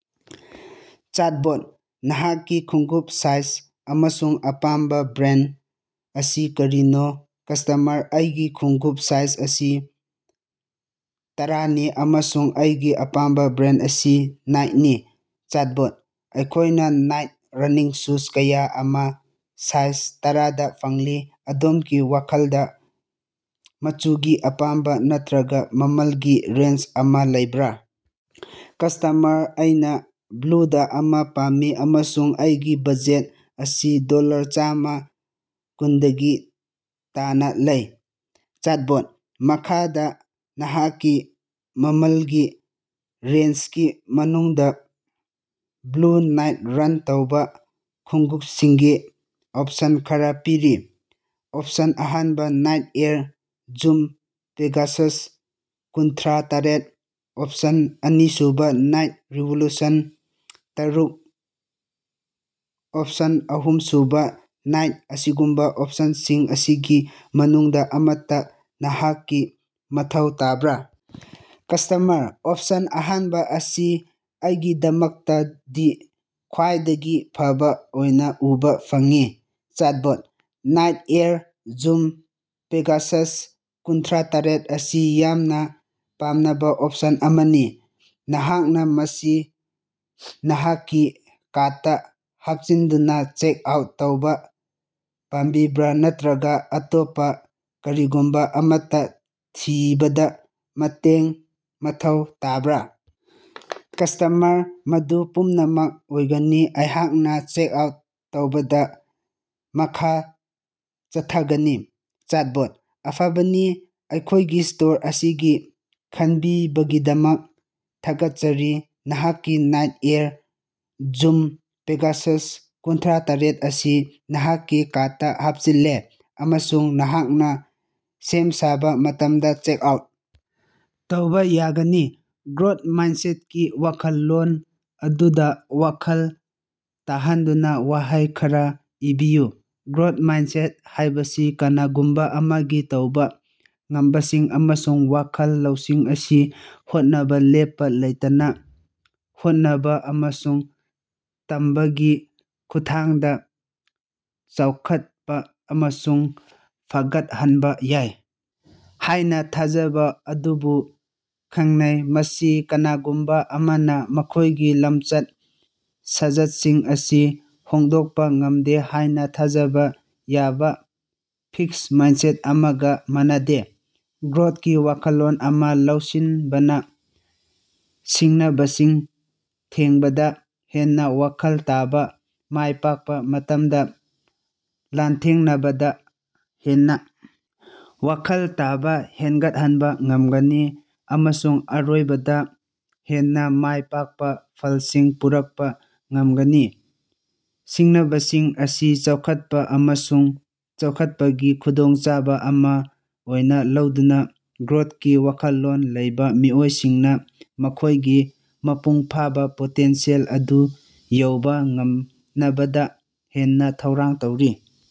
Chatbot: ꯅꯍꯥꯛꯀꯤ ꯈꯣꯡꯎꯞ size ꯑꯃꯁꯨꯡ ꯑꯄꯥꯝꯕꯥ ꯕ꯭ꯔꯥꯟꯗ ꯑꯁꯤ ꯀꯔꯤꯅꯣ? ꯀꯁ꯭ꯇꯃꯔ: ꯑꯩꯒꯤ ꯈꯣꯡꯎꯞ ꯁꯥꯏꯖ ꯑꯁꯤ ꯇꯔꯥꯅꯤ ꯑꯃꯁꯨꯡ ꯑꯩꯒꯤ ꯑꯄꯥꯝꯕꯥ ꯕ꯭ꯔꯥꯟꯗ ꯑꯁꯤ ꯅꯥꯏꯛꯅꯤ꯫ ꯆꯦꯠꯕꯣꯠ: ꯑꯩꯈꯣꯏꯅꯥ ꯅꯥꯏꯛ ꯔꯟꯅꯤꯡ ꯁꯨ ꯀꯌꯥ ꯑꯃꯥ ꯁꯥꯏꯖ ꯇꯔꯥꯗꯥ ꯐꯪꯂꯤ, ꯑꯗꯣꯝꯒꯤ ꯋꯥꯈꯜꯗꯥ ꯃꯆꯨꯒꯤ ꯑꯄꯥꯝꯕꯥ ꯅꯠꯇ꯭ꯔꯒꯥ ꯃꯃꯜꯒꯤ ꯔꯦꯟꯖ ꯑꯃꯥ ꯂꯩꯕꯔꯥ? ꯀꯁ꯭ꯇꯃꯔ: ꯑꯩꯅꯥ ꯕ꯭ꯂꯨꯗꯥ ꯑꯃꯥ ꯄꯥꯝꯃꯤ ꯑꯃꯁꯨꯡ ꯑꯩꯒꯤ ꯕꯖꯦꯠ ꯑꯁꯤ ꯗꯣꯂꯔ ꯆꯝꯃꯥ ꯀꯨꯟꯗꯒꯤ ꯇꯥꯅꯥ ꯂꯩ꯫ ꯆꯦꯠꯕꯣꯠ: ꯃꯈꯥꯗꯥ ꯅꯍꯥꯛꯀꯤ ꯃꯃꯜꯒꯤ ꯔꯦꯟꯖꯒꯤ ꯃꯅꯨꯡꯗꯥ ꯕ꯭ꯂꯨ ꯅꯥꯏꯛ ꯔꯟ ꯇꯧꯕꯥ ꯈꯣꯡꯎꯞꯁꯤꯡꯒꯤ ꯑꯣꯞꯁꯟ ꯈꯔꯥ ꯄꯤꯔꯤ: ꯑꯣꯞꯁꯟ ꯑꯍꯥꯟꯕ ꯅꯥꯏꯛ ꯑꯦꯌꯔ ꯖꯨꯝ ꯄꯦꯒꯥꯁ ꯀꯨꯟꯊ꯭ꯔꯥ ꯇꯔꯦꯠꯑꯣꯞꯁꯟ ꯑꯅꯤꯁꯨꯕ ꯅꯥꯏꯛ ꯔꯤꯚꯣꯂꯨꯁꯟ ꯇꯥꯔꯨꯛ ꯑꯣꯞꯁꯟ ꯑꯍꯨꯝꯁꯨꯕ ꯅꯥꯏꯛ ꯐ꯭ꯔꯤ ꯑꯥꯔ ꯑꯦꯟ ꯇꯥꯔꯨꯛ ꯁꯩꯅꯣ ꯑꯁꯤꯒꯨꯝꯕꯥ ꯑꯣꯞꯁꯟꯁꯤꯡ ꯑꯁꯤꯒꯤ ꯃꯅꯨꯡꯗꯥ ꯑꯃꯠꯇꯥ ꯅꯍꯥꯛꯀꯤ ꯃꯊꯧ ꯇꯥꯕꯔꯥ? ꯀꯁ꯭ꯇꯃꯔ: ꯑꯣꯞꯁꯟ ꯑꯍꯥꯟꯕ ꯑꯁꯤ ꯑꯩꯒꯤꯗꯃꯛꯇꯗꯤ ꯈ꯭ꯋꯥꯏꯗꯒꯤ ꯐꯕꯥ ꯑꯣꯏꯅꯥ ꯎꯕꯥ ꯐꯪꯏ꯫ Chatbot: Nike Air Zoom Pegasus ꯀꯨꯟꯊ꯭ꯔꯥ ꯇꯔꯦꯠ ꯑꯁꯤ ꯌꯥꯝꯅꯥ ꯄꯥꯝꯅꯕꯥ ꯑꯣꯞꯁꯟ ꯑꯃꯅꯤ꯫ ꯅꯍꯥꯛꯅꯥ ꯃꯁꯤ ꯅꯍꯥꯛꯀꯤ ꯀꯥꯔꯗꯇꯥ ꯍꯥꯞꯆꯤꯟꯗꯨꯅꯥ ꯆꯦꯛꯑꯥꯎꯠ ꯇꯧꯕꯥ ꯄꯥꯝꯕꯤꯕ꯭ꯔꯥ ꯅꯠꯇ꯭ꯔꯒꯥ ꯑꯇꯣꯞꯄꯥ ꯀꯔꯤꯒꯨꯝꯕꯥ ꯑꯃꯠꯇꯥ ꯊꯤꯕꯗꯥ ꯃꯇꯦꯡ ꯃꯊꯧ ꯇꯥꯕ꯭ꯔꯥ? ꯀꯁ꯭ꯇꯃꯔ: ꯃꯗꯨ ꯄꯨꯝꯅꯃꯛ ꯑꯣꯏꯒꯅꯤ꯫ ꯑꯩꯍꯥꯛꯅꯥ ꯆꯦꯛꯑꯥꯎꯠ ꯇꯧꯕꯗꯥ ꯃꯈꯥ ꯆꯠꯊꯒꯅꯤ꯫ ꯆꯦꯇꯕꯣꯠ: ꯑꯐꯕꯥꯅꯤ ꯑꯩꯈꯣꯏꯒꯤ ꯁ꯭ꯇꯣꯔ ꯑꯁꯤ ꯈꯟꯕꯤꯕꯒꯤꯗꯃꯛ ꯊꯥꯒꯠꯆꯔꯤ! ꯅꯍꯥꯛꯀꯤ ꯅꯥꯏꯛ ꯑꯦꯌꯔ ꯖꯨꯝ ꯄꯦꯒꯥꯁꯁ ꯀꯨꯟꯊ꯭ꯔꯥ ꯇꯔꯦꯠ ꯑꯁꯤ ꯅꯍꯥꯛꯀꯤ ꯀꯥꯔꯠꯇꯥ ꯍꯥꯞꯆꯤꯜꯂꯦ ꯑꯃꯁꯨꯡ ꯅꯍꯥꯛꯅꯥ ꯁꯦꯝ ꯁꯥꯕꯥ ꯃꯇꯝꯗꯥ ꯆꯦꯛꯑꯥꯎꯠ ꯇꯧꯕꯥ ꯌꯥꯒꯅꯤ꯫ ꯒ꯭ꯔꯣꯠ ꯃꯥꯏꯟꯗꯁꯦꯠꯒꯤ ꯋꯥꯈꯜꯂꯣꯟ ꯑꯗꯨꯗꯥ ꯋꯥꯈꯜ ꯇꯥꯍꯟꯗꯨꯅꯥ ꯋꯥꯍꯩ ꯈꯔꯥ ꯏꯕꯤꯌꯨ꯫ ꯒ꯭ꯔꯣꯠ ꯃꯥꯏꯟꯗꯁꯦꯠ ꯍꯥꯏꯕꯁꯤ ꯀꯅꯥꯒꯨꯝꯕꯥ ꯑꯃꯒꯤ ꯇꯧꯕꯥ ꯉꯝꯕꯁꯤꯡ ꯑꯃꯁꯨꯡ ꯋꯥꯈꯜ ꯂꯧꯁꯤꯡ ꯑꯁꯤ ꯍꯣꯠꯅꯕꯥ, ꯂꯦꯞꯄꯥ ꯂꯩꯇꯅꯥ ꯍꯣꯠꯅꯕꯥ ꯑꯃꯁꯨꯡ ꯇꯝꯕꯒꯤ ꯈꯨꯠꯊꯥꯡꯗꯥ ꯆꯥꯎꯈꯠꯄꯥ ꯑꯃꯁꯨꯡ ꯐꯒꯠꯍꯟꯕꯥ ꯌꯥꯏ ꯍꯥꯏꯅꯥ ꯊꯥꯖꯕꯥ ꯑꯗꯨꯕꯨ ꯈꯪꯅꯩ꯫ ꯃꯁꯤ ꯀꯅꯥꯒꯨꯝꯕꯥ ꯑꯃꯅꯥ ꯃꯈꯣꯏꯒꯤ ꯂꯝꯆꯠ-ꯁꯥꯖꯠꯁꯤꯡ ꯑꯁꯤ ꯍꯣꯡꯗꯣꯛꯄꯥ ꯉꯝꯗꯦ ꯍꯥꯏꯅꯥ ꯊꯥꯖꯕꯥ ꯌꯥꯕꯥ ꯐꯤꯛꯁ ꯃꯥꯏꯟꯗꯁꯦꯠ ꯑꯃꯒꯥ ꯃꯥꯟꯅꯗꯦ꯫ ꯒ꯭ꯔꯣꯠꯀꯤ ꯋꯥꯈꯜꯂꯣꯟ ꯑꯃꯥ ꯂꯧꯁꯤꯟꯕꯅꯥ ꯁꯤꯡꯅꯕꯁꯤꯡ ꯊꯦꯡꯅꯕꯗꯥ ꯍꯦꯟꯅꯥ ꯋꯥꯈꯜ ꯇꯥꯕꯥ, ꯃꯥꯏ ꯄꯥꯛꯄꯥ ꯃꯇꯝꯗꯥ ꯂꯥꯟꯊꯦꯡꯅꯕꯗꯥ ꯍꯦꯟꯅꯥ ꯋꯥꯈꯜ ꯇꯥꯕꯥ ꯍꯦꯟꯒꯠꯍꯟꯕꯥ ꯉꯝꯒꯅꯤ ꯑꯃꯁꯨꯡ ꯑꯔꯣꯏꯕꯗꯥ, ꯍꯦꯟꯅꯥ ꯃꯥꯏ ꯄꯥꯛꯄꯥ ꯐꯜꯁꯤꯡ ꯄꯨꯔꯛꯄꯥ ꯉꯃꯒꯅꯤ꯫ ꯁꯤꯡꯅꯕꯁꯤꯡ ꯑꯁꯤ ꯆꯥꯎꯈꯠꯄꯥ ꯑꯃꯁꯨꯡ ꯆꯥꯎꯈꯠꯄꯒꯤ ꯈꯨꯗꯣꯡꯆꯥꯕꯥ ꯑꯃꯥ ꯑꯣꯏꯅꯥ ꯂꯧꯗꯨꯅꯥ ꯒ꯭ꯔꯣꯠꯀꯤ ꯋꯥꯈꯜꯂꯣꯟ ꯂꯩꯕꯥ ꯃꯤꯑꯣꯏꯁꯤꯡꯅꯥ ꯃꯈꯣꯏꯒꯤ ꯃꯄꯨꯡ ꯐꯥꯕꯥ ꯄꯣꯇꯦꯟꯁꯤꯌꯦꯜ ꯑꯗꯨ ꯌꯧꯕꯥ ꯉꯝꯅꯕꯥ ꯍꯦꯟꯅꯥ ꯊꯧꯔꯥꯡ ꯇꯧꯔꯤ꯫